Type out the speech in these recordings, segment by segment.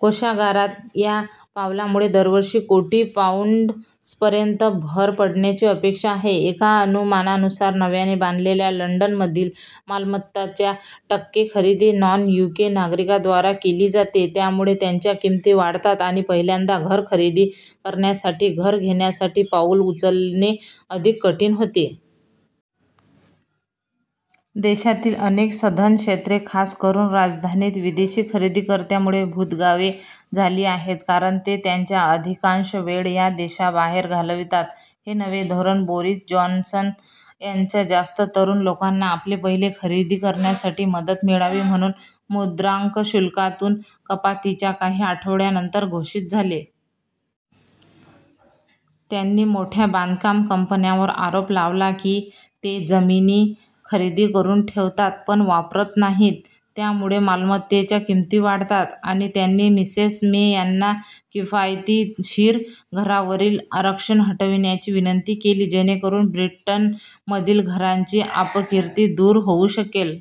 कोषागारात या पावलामुळे दरवर्षी कोटी पाउंड्सपर्यंत भर पडण्याची अपेक्षा आहे. एका अनुमानानुसार, नव्याने बांधलेल्या लंडनमधील मालमत्तांचच्या टक्के खरेदी नॉन-यूके नागरिकांद्वारा केली जाते, ज्यामुळे त्यांच्या किमती वाढतात आणि पहिल्यांदा घर खरेदी करणाऱ्यांसाठी घर घेण्यासाठी पाऊल उचलणे अधिक कठीण होते. देशातील अनेक सधन क्षेत्रे – खास करून राजधानीत – विदेशी खरेदीकर्त्यांमुळे "भूत गावे" झाली आहेत, कारण ते त्यांचा अधिकांश वेळ या देशाबाहेर घालवितात. हे नवे धोरण बोरिस जॉन्सन यांच्या जास्त तरुण लोकांना आपले पहिले घर खरेदी करण्यासाठी मदत मिळावी म्हणून मुद्रांक शुल्कातील कपातीच्या काही आठवड्यानंतरच घोषित झाले. त्यांनी मोठ्या बांधकाम कंपन्यांवर आरोप लावला की ते जमिनी खरेदी करून ठेवतात पण वापरत नाहीत त्यामुळे मालमत्तेच्या किमती वाढतात, आणि त्यांनी मिसेस मे यांना किफायतशीर घरांवरील आरक्षण हटविण्याची विनंती केली, जेणेकरून ब्रिटनमधील "घरांची अपकीर्ती" दूर होऊ शकेल.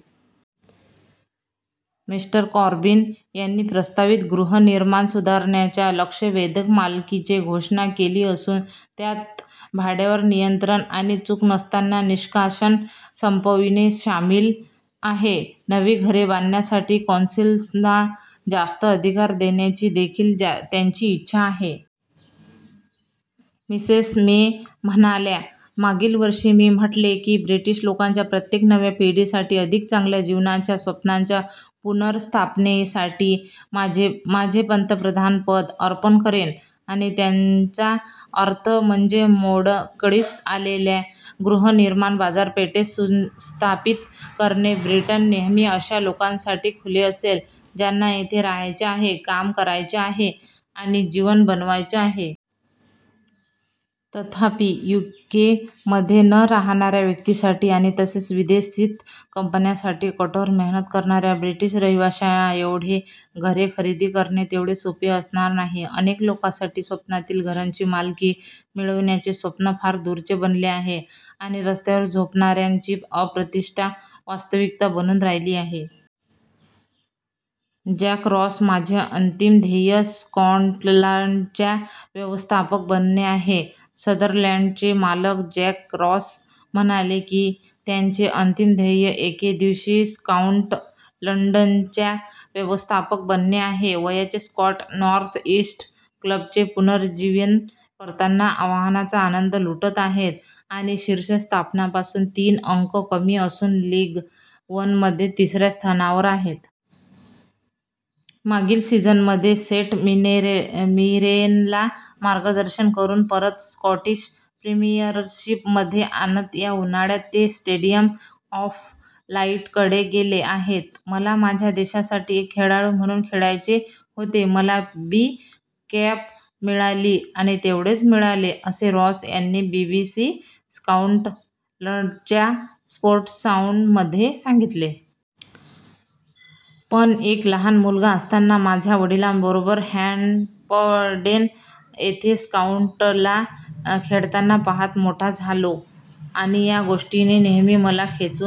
" मि. कॉर्बीन यांनी प्रस्तावित गृहनिर्माण सुधारणांच्या लक्षवेधक मालिकेची घोषणा केली असून, त्यात भाड्यावर नियंत्रण आणि "चूक नसताना" निष्कासन संपविणे सामील आहे. नवी घरे बांधण्यासाठी कौन्सिल्सना जास्त अधिकार देण्याची देखील त्यांची इच्छा आहे. मिसेस मे म्हणाल्या: "मागील वर्षी मी म्हटले की ब्रिटीश लोकांच्या प्रत्येक नव्या पिढीसाठी अधिक चांगल्या जीवनाच्या स्वप्नांच्या पुनर्स्थापनेसाठी माझे पंतप्रधानपद अर्पण करेन. आणि त्याचा अर्थ म्हणजे मोडकळीस आलेल्या गृहनिर्माण बाजारपेठेस सुस्थापित करणे. ब्रिटन नेहमी अशा लोकांसाठी खुले असेल ज्यांना येथे राहायचे आहे, काम करायचे आहे आणि जीवन बनवायचे आहे. तथापि, यूकेमध्ये न राहणाऱ्या व्यक्तींसाठी आणि तसेच विदेश-स्थित कंपन्यांसाठी कठोर मेहनत करणाऱ्या ब्रिटीश रहिवाश्यांएवढे घरे खरेदी करणे तेवढे सोपे असणार नाही. अनेक लोकांसाठी स्वप्नातील घराची मालकी मिळविण्याचे स्वप्न फार दूरचे बनले आहे, आणि रस्त्यावर झोपणाऱ्यांची अप्रतिष्ठा वास्तविकता बनून राहिली आहे. जॅक रॉस: "माझे अंतिम ध्येय स्कॉटलंडचा व्यवस्थापक बनणे आहे" संदरलँडचे मालक जॅक रॉस म्हणाले की त्यांचे "अंतिम ध्येय" एके दिवशी स्कॉटलंडचा व्यवस्थापक बनणे आहे. वयाचे स्कॉट, नॉर्थ-इस्ट क्लबचे पुनरुज्जीवन करताना आव्हानांचा आनंद लुटत आहेत, आणि शीर्ष स्थानापासून तीन अंक कमी असून लीग वनमध्ये तिसऱ्या स्थानावर आहेत. मागील सीझनमध्ये सेंट मीरेनला मार्गदर्शन करून परत स्कॉटिश प्रीमियरशिपमध्ये आणत या उन्हाळ्यात ते स्टेडीयम ऑफ लाईटकडे गेले आहेत. "मला माझ्या देशासाठी एक खेळाडू म्हणून खेळायचे होते. मला बी कॅप मिळाली आणि तेवढेच मिळाले," असे रॉस यांनी बीबीसी स्कॉटलंडच्या स्पोर्ट्ससाऊंडमध्ये सांगितले. "पण एक लहान मुलगा असताना माझ्या वडिलांबरोबर हँपडेन येथे स्कॉटलंडला खेळताना पहात मोठा झालो, आणि या गोष्टीने नेहमी मला खेचून